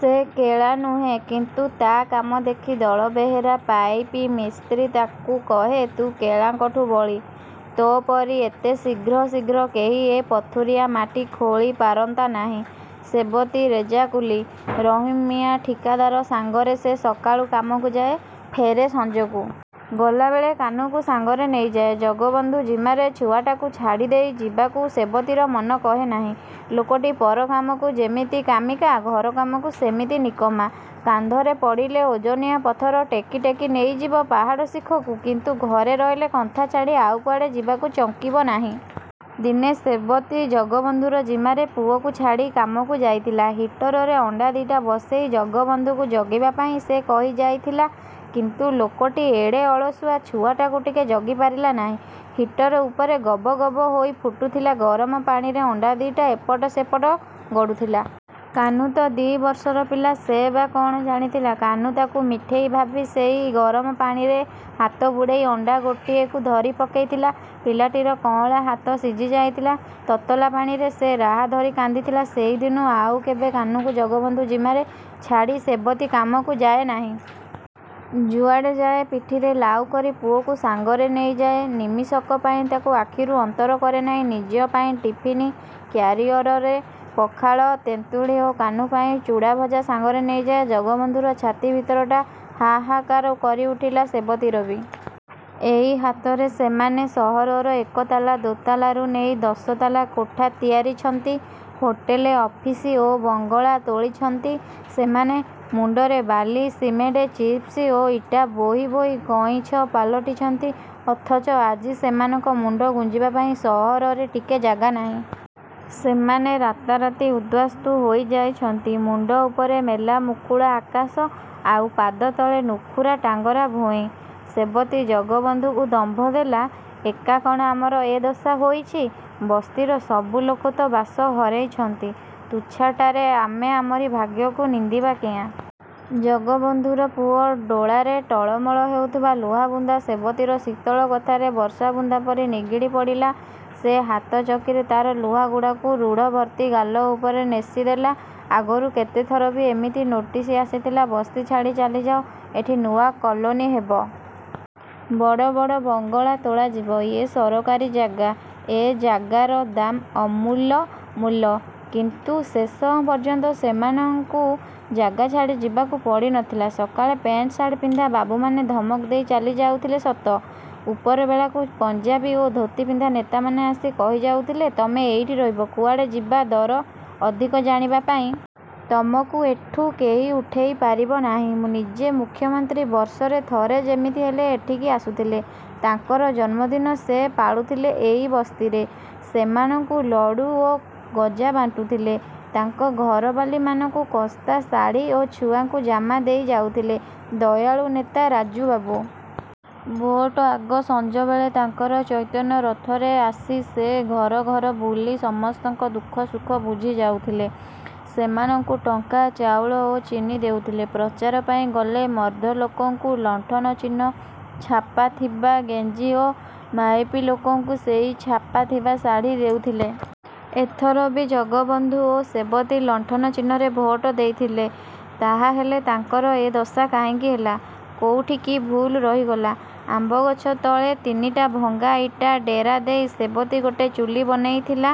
ସେ କେଳା ନୁହେଁ, କିନ୍ତୁ ତା କାମ ଦେଖି ଦଳବେହେରା ପାଇପ ମିସ୍ତ୍ରି ତାକୁ କହେ ତୁ କେଳାଙ୍କଠୁଁ ବଳି। ତୋ ପରି ଏତେ ଶୀଘ୍ର ଶୀଘ୍ର କେହି ଏ ପଥୁରିଆ ମାଟି ଖୋଳିପାରନ୍ତା ନାହିଁ। ସେବତୀ ରେଜାକୁଲି। ରହିମ୍ ମିଆଁ ଠିକାଦାର ସାଙ୍ଗରେ ସେ ସକାଳୁ କାମକୁ ଯାଏ, ଫେରେ ସଂଜକୁ। ଗଲାବେଳେ କାହ୍ନୁକୁ ସାଙ୍ଗରେ ନେଇଯାଏ। ଜଗବନ୍ଧୁ ଜିମାରେ ଛୁଆଟାକୁ ଛାଡ଼ିଦେଇ ଯିବାକୁ ସେବତୀର ମନ କହେ ନାହିଁ। ଲୋକଟି ପରକାମକୁ ଯେମିତି କାମିକା, ଘରକାମକୁ ସେମିତି ନିକମା। କାନ୍ଧରେ ପଡ଼ିଲେ ଓଜନିଆ ପଥର ଟେକି ଟେକି ନେଇଯିବ ପାହାଡ଼ ଶିଖକୁ, କିନ୍ତୁ ଘରେ ରହିଲେ କନ୍ଥା ଛାଡ଼ି ଆଉ କୁଆଡ଼େ ଯିବାକୁ ଚଙ୍କିବ ନାହିଁ। ଦିନେ ସେବତୀ ଜଗବନ୍ଧୁର ଜିମାରେ ପୁଅକୁ ଛାଡ଼ି କାମକୁ ଯାଇଥିଲା। ହିଟରରେ ଅଣ୍ଡା ଦିଇଟା ବସେଇ ଜଗବନ୍ଧୁକୁ ଜଗିବା ପାଇଁ ସେ କହିଯାଇଥିଲା। କିନ୍ତୁ ଲୋକଟି ଏଡ଼େ ଅଳସୁଆ, ଛୁଆଟାକୁ ଟିକେ ଜଗି ପାରିଲା ନାହିଁ। ହିଟର୍ ଉପରେ ଗବ ଗବ ହୋଇ ଫୁଟୁଥିଲା ଗରମ ପାଣିରେ ଅଣ୍ଡା ଦିଇଟା ଏପଟ ସେପଟ ଗଡ଼ୁଥିଲା। କାହ୍ନୁ ତ ଦି ବର୍ଷର ପିଲା। ସେ ବା କଣ ଜାଣିଥିଲା? କାହ୍ନୁ ତାକୁ ମିଠେଇ ଭାବି ସେଇ ଗରମ ପାଣିରେ ହାତବୁଡ଼େଇ ଅଣ୍ଡା ଗୋଟିଏକୁ ଧରିପକେଇଥିଲା। ପିଲାଟାର କଆଁଳ ହାତ ସିଝିଯାଇଥିଲା ତତଲା ପାଣିରେ। ସେ ରାହା ଧରି କାନ୍ଦିଥିଲା...। ସେଇଦିନୁ ଆଉ କେବେ କାହ୍ନୁକୁ ଜଗବନ୍ଧୁ ଜିମାରେ ଛାଡ଼ି ସେବତୀ କାମକୁ ଯାଏ ନାହିଁ-। ଯୁଆଡ଼େ ଯାଏ ପିଠିରେ ଲାଉକରି ପୁଅକୁ ସାଂଗରେ ନେଇ ଯାଏ। ନିମିଷକ ପାଇଁ ତାକୁ ଆଖିରୁ ଅନ୍ତର କରେ ନାହିଁ। ନିଜ ପାଇଁ ଟିଫିନ୍ କ୍ୟାରିଅରରେ ପଖାଳ, ତେନ୍ତୁଳି ଓ କାହ୍ନୁ ପାଇଁ ଚୁଡ଼ାଭଜା ସାଙ୍ଗରେ ନେଇଯାଏ। ଜଗବନ୍ଧୁର ଛାତି ଭିତରଟା ହାହାକାର କରିଉଠିଲା। ସେବତୀର ବି। ଏଇ ହାତରେ ସେମାନେ ସହରର ଏକତାଲା, ଦୋତାଲାରୁ ନେଇ ଦଶତାଲା କୋଠା ତିଆରିଛନ୍ତି। ହୋଟେଲ୍, ଅଫିସ୍ ଓ ବଙ୍ଗଳା ତୋଳିଛନ୍ତି ସେମାନେ। ମୁଣ୍ଡରେ ବାଲି, ସିମେଣ୍ଟ, ଚିପ୍ସ ଓ ଇଟା ବୋହି ବୋହି କଇଁଛ ପାଲଟିଛନ୍ତି। ଅଥଚ ଆଜି ସେମାନଙ୍କ ମୁଣ୍ଡ ଗୁଂଜିବା ପାଇଁ ସହରରେ ଟିକେ ଜାଗା ନାହିଁ! ସେମାନେ ରାତାରାତି ଉଦ୍ବାସ୍ତୁ ହୋଇଯାଇଛନ୍ତି। ମୁଣ୍ଡ ଉପରେ ମେଲା ମୁକୁଳା ଆକାଶ ଆଉ ପାଦତଳେ ନୁଖୁରା ଟାଙ୍ଗରା ଭୂଇଁ। ସେବତୀ ଜଗବନ୍ଧୁକୁ ଦମ୍ଭ ଦେଲା, "ଏକା କଣ ଆମର ଏ ଦଶା ହୋଇଛି? ବସ୍ତିର ସବୁଲୋକ ତ ବାସ ହରେଇଛନ୍ତି। ତୁଚ୍ଛାଟାରେ ଆମେ ଆମରି ଭାଗ୍ୟକୁ ନିନ୍ଦିବା କିଆଁ? " ଜଗବନ୍ଧୁର ପୁଅ ଡୋଳାରେ ଟଳମଳ ହେଉଥିବା ଲୁହବୁନ୍ଦା ସେବତୀର ଶୀତଳ କଥାରେ ବର୍ଷାବୁନ୍ଦା ପରି ନିଗିଡ଼ିପଡ଼ିଲା। ସେ ହାତ ଚକିରେ ତାର ଲୁହଗୁଡ଼ାକୁ ରୁଢ଼ଭର୍ତ୍ତି ଗାଲ ଉପରେ ନେସିଦେଲା। ଆଗରୁ କେତେଥର ବି ଏମିତି ନୋଟିସ୍ ଆସିଥିଲା–ବସ୍ତି ଛାଡ଼ି ଚାଲିଯାଅ। ଏଠି ନୂଆ କଲୋନି ହେବ। ବଡ଼ ବଡ଼ ବଙ୍ଗଳା ତୋଳାଯିବ। ଇଏ ସରକାରୀ ଜାଗା, ଏ ଜାଗାର ଦାମ୍ ଅମୂଲ ମୂଲ। କିନ୍ତୁ ଶେଷ ପର୍ଯ୍ୟନ୍ତ ସେମାନଙ୍କୁ ଜାଗା ଛାଡ଼ି ଯିବାକୁ ପଡ଼ିନଥିଲା। ସକାଳେ ପେଣ୍ଟସାର୍ଟ ପିନ୍ଧା ବାବୁମାନେ ଧମକ ଦେଇ ଚାଲି ଯାଉଥିଲେ ସତ, ଉପରବେଳାକୁ ପଞ୍ଜାବି ଓ ଧୋତିପିନ୍ଧା ନେତାମାନେ ଆସି କହିଯାଉଥିଲେ, 'ତମେ ଏଇଠି ରହିବ, କୁଆଡ଼େ ଯିବା ଦରକାର ନାହିଁ। ତମକୁ ଏଠୁ କେହି ଉଠେଇପାରିବ ନାହିଁ। ' ନିଜେ ମୁଖ୍ୟମନ୍ତ୍ରୀ ବର୍ଷରେ ଥରେ ଯେମିତି ହେଲେ ଏଠିକୁ ଆସୁଥିଲେ। ତାଙ୍କର ଜନ୍ମଦିନ ସେ ପାଳୁଥିଲେ ଏଇ ବସ୍ତିରେ। ସେମାନଙ୍କୁ ଲଡୁ ଓ ଗଜା ବାଣ୍ଟୁଥିଲେ, ତାଙ୍କ ଘରବାଲୀମାନଙ୍କୁ କସ୍ତାଶାଢ଼ି ଓ ଛୁଆଙ୍କୁ ଜାମା ଦେଇଯାଉଥିଲେ। ଦୟାଳୁ ନେତା ରାଜୁବାବୁ! ଭୋଟ୍ ଆଗ ସଂଜବେଳେ ତାଙ୍କର ଚୈତନ୍ୟରଥରେ ଆସି ସେ ଘର ଘର ବୁଲି ସମସ୍ତଙ୍କ ଦୁଃଖସୁଖ ବୁଝି ଯାଉଥିଲେ। ସେମାନଙ୍କୁ ଟଙ୍କା, ଚାଉଳ ଓ ଚିନି ଦେଉଥିଲେ। ପ୍ରଚାର ପାଇଁ ଗଲେ ମର୍ଦ୍ଦଲୋକଙ୍କୁ ଲଣ୍ଠନ ଚିହ୍ନ ଛାପାଥିବା ଗେଂଜି ଓ ମାଇପିଲୋକଙ୍କୁ ସେଇ ଛାପାଥିବା ଶାଢ଼ି ଦେଉଥିଲେ। ଏଥର ବି ଜଗବନ୍ଧୁ ଓ ସେବତୀ ଲଣ୍ଠନ ଚିହ୍ନରେ ଭୋଟ୍ ଦେଇଥିଲେ। ତାହାହେଲେ ତାଙ୍କର ଏ ଦଶା କାହିଁକି ହେଲା? କୋଉଠି କି ଭୁଲ୍ ରହିଗଲା? ଆମ୍ବଗଛ ତଳେ ତିନିଟା ଭଙ୍ଗା ଇଟା ଡେରାଦେଇ ସେବତୀ ଗୋଟେ ଚୁଲି ବନେଇଥିଲା।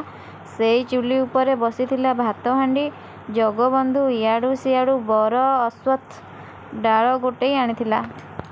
ସେଇ ଚୁଲି ଉପରେ ବସିଥିଲା ଭାତହାଣ୍ଡି। ଜଗବନ୍ଧୁ ଇଆଡ଼ୁ ସିଆଡ଼ୁ ବର, ଅଶ୍ୱତ୍ଥ ଡାଳ ଗୋଟେଇ ଆଣିଥିଲା।